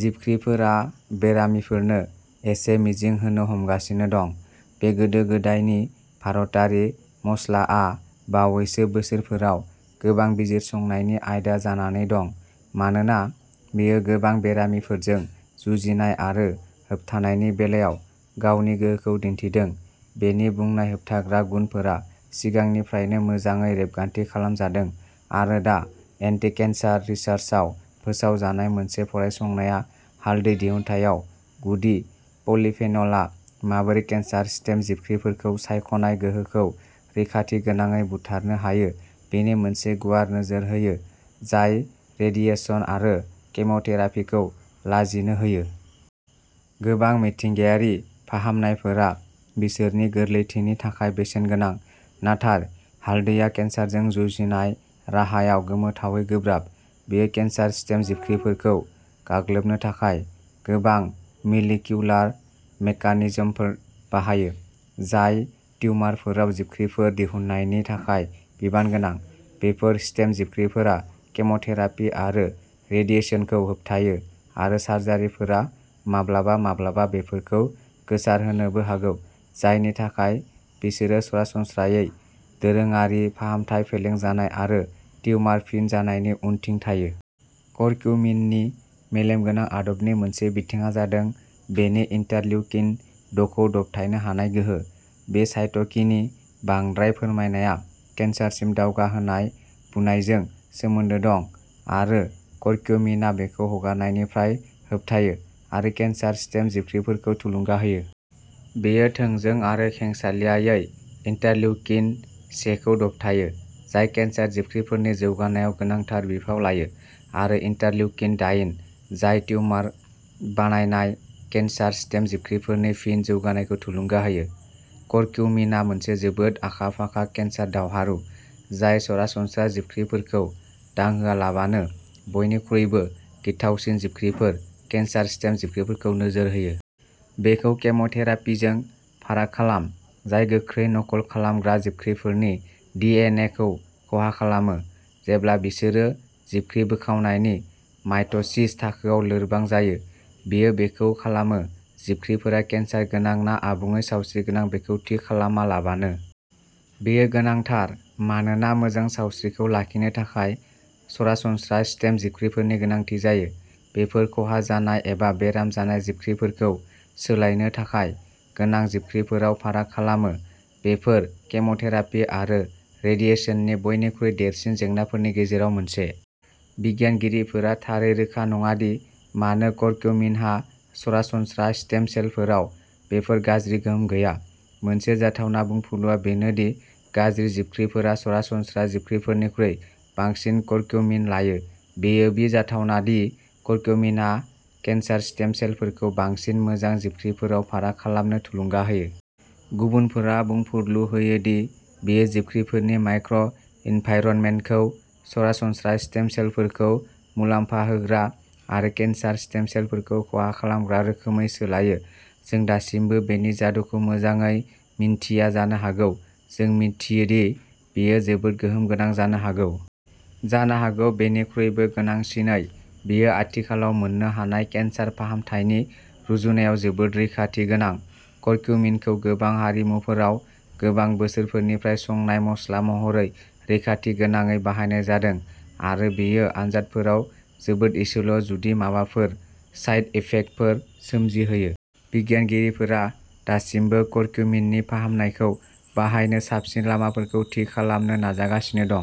जिबख्रिफोरा बेरामिफोरनो एसे मिजिं होनो हमगासिनो दं। बे गोदो गोदायनि भारतारि मस्लाआ बावैसो बोसोरफोराव गोबां बिजिरसंनायनि आयदा जानानै दं मानोना बेयो गोबां बेरामफोरजों जुजिनाय आरो होबथानायनि बेलायाव गावनि गोहोखौ दिन्थिदों। बेनि बुंनाय होबथाग्रा गुनफोरा सिगांनिफ्रायनो मोजाङै रेबगान्थि खालामजादों आरो दा एन्टिकेन्सर रिसार्सआव फोसावजानाय मोनसे फरायसंनाया हालदै दिहुनथायाव गुदि पलिफेनलआ माबोरै केन्सार स्टेम जिबख्रिफोरखौ सायख'नाय गोहोखौ रैखाथिगोनाङै बुथारनो हायो बेनि मोनसे गुवार नोजोर होयो जाय रेडिएसन आरो केम'थेरापिखौ लाजिनो होयो। गोबां मिथिंगायारि फाहामनायफोरा बिसोरनि गोरलैथिनि थाखाय बेसेन गोनां, नाथाय हालदैया केन्सारजों जुजिनाय राहायाव गोमोथावै गोब्राब। बेयो केन्सार स्टेम जिबख्रिफोरखौ गाग्लोबनो थाखाय गोबां मलिकिउलार मेकानिजमफोर बाहायो, जाय टिउमारफोराव जिबख्रिफोर दिहुननायनि थाखाय बिबान गोनां। बेफोर स्टेम जिबख्रिफोरा केम'थेरापि आरो रेडिएसनखौ होबथायो आरो सार्जारिफोरा माब्लाबा माब्लाबा बेफोरखौ गोसारहोनोबो हागौ, जायनि थाखाय बिसोरो सरासनस्रायै दोरोङारि फाहामथाय फेलें जानाय आरो टिउमार फिन जानायनि उनथिं थायो। करक्यूमिननि मेलेम गोनां आदबनि मोनसे बिथिंआ जादों बेनि इन्टारलिउकिन द'खौ दबथायनो हानाय गोहो। बे साइट'किनि बांद्राय फोरमायनाया केन्सारसिम दावगाहोनाय बुनायजों सोमोन्दो दं आरो करक्यूमिनआ बेखौ हगारनायनिफ्राय होबथायो आरो केन्सार स्टेम जिबख्रिफोरखौ थुलुंगा होयो। बेयो थोंजों आरो खेंसालियायै इन्टारलिउकिन सेखौ दबथायो, जाय केन्सार जिबख्रिफोरनि जौगानायाव गोनांथार बिफाव लायो आरो इन्टारलिउकिन दाइन, जाय टिउमार बानायनाय केन्सार स्टेम जिबख्रिफोरनि फिन जौगानायखौ थुलुंगा होयो। करक्यूमिनआ मोनसे जोबोद आखा फाखा केन्सार दावहारु, जाय सरासनस्रा जिबख्रिफोरखौ दांहोआलाबानो बयनिख्रुइबो गिथावसिन जिबख्रिफोर, केन्सार स्टेम जिबख्रिफोरखौ नोजोर होयो। बेखौ केम'थेरापिजों फाराग खालाम, जाय गोख्रै नकल खालामग्रा जिबख्रिफोरनि डि एन एखौ खहा खालामो, जेब्ला बिसोरो जिबख्रि बोखावनायनि माइट'सिस थाखोआव लोरबां जायो। बेयो बेखौ खालामो जिबख्रिफोरा केन्सार गोनां ना आबुङै सावस्रिगोनां बेखौ थि खालामालाबानो। बेयो गोनांथार मानोना मोजां सावस्रिखौ लाखिनो थाखाय सरासनस्रा स्टेम जिबख्रिफोरनि गोनांथि जायो। बेफोर खहा जानाय एबा बेराम जानाय जिबख्रिफोरखौ सोलायनो थाखाय गोनां जिबख्रिफोराव फाराग खालामो, बेफोर केम'थेरापि आरो रेडिएसननि बयनिख्रुइ देरसिन जेंनाफोरनि गेजेराव मोनसे। बिगियानगिरिफोरा थारै रोखा नङा दि मानो करक्यूमिनहा सरासनस्रा स्टेम सेलफोराव बेफोर गाज्रि गोहोम गैया। मोनसे जाथावना बुंफुरलुआ बेनो दि गाज्रि जिबख्रिफोरा सरासनस्रा जिबख्रिफोरनिख्रुइ बांसिन करक्यूमिन लायो। बेयोबो जाथावना दि करक्यूमिनआ केन्सार स्टेम सेलफोरखौ बांसिन मोजां जिबख्रिफोराव फाराग खालामनो थुलुंगा होयो। गुबुनफोरा बुंफुरलु होयो दि बेयो जिबख्रिफोरनि माइक्र' एनभाइरनमेन्टखौ सरासनस्रा स्टेम सेलफोरखौ मुलाम्फा होग्रा आरो केन्सार स्टेम सेलफोरखौ खहा खालामग्रा रोखोमै सोलायो। जों दासिमबो बेनि जादुखौ मोजाङै मिन्थिया जानो हागौ, जों मिथियो दि बेयो जोबोद गोहोम गोनां जानो हागौ। जानो हागौ बेनिख्रुइबो गोनांसिनै, बेयो आथिखालाव मोन्नो हानाय केन्सार फाहामथायनि रुजुनायाव जोबोद रैखाथि गोनां। करक्यूमिनखौ गोबां हारिमुफोराव गोबां बोसोरफोरनिफ्राय संनाय मस्ला महरै रैखाथिगोनाङै बाहायनाय जादों आरो बेयो आनजादफोराव जोबोद एसेल', जुदि माबाफोर, साइड इफेक्टफोर सोमजिहोयो। बिगियानगिरिफोरा दासिमबो करक्यूमिननि फाहामनायखौ बाहायनो साबसिन लामाफोरखौ थि खालामनो नाजागासिनो दं।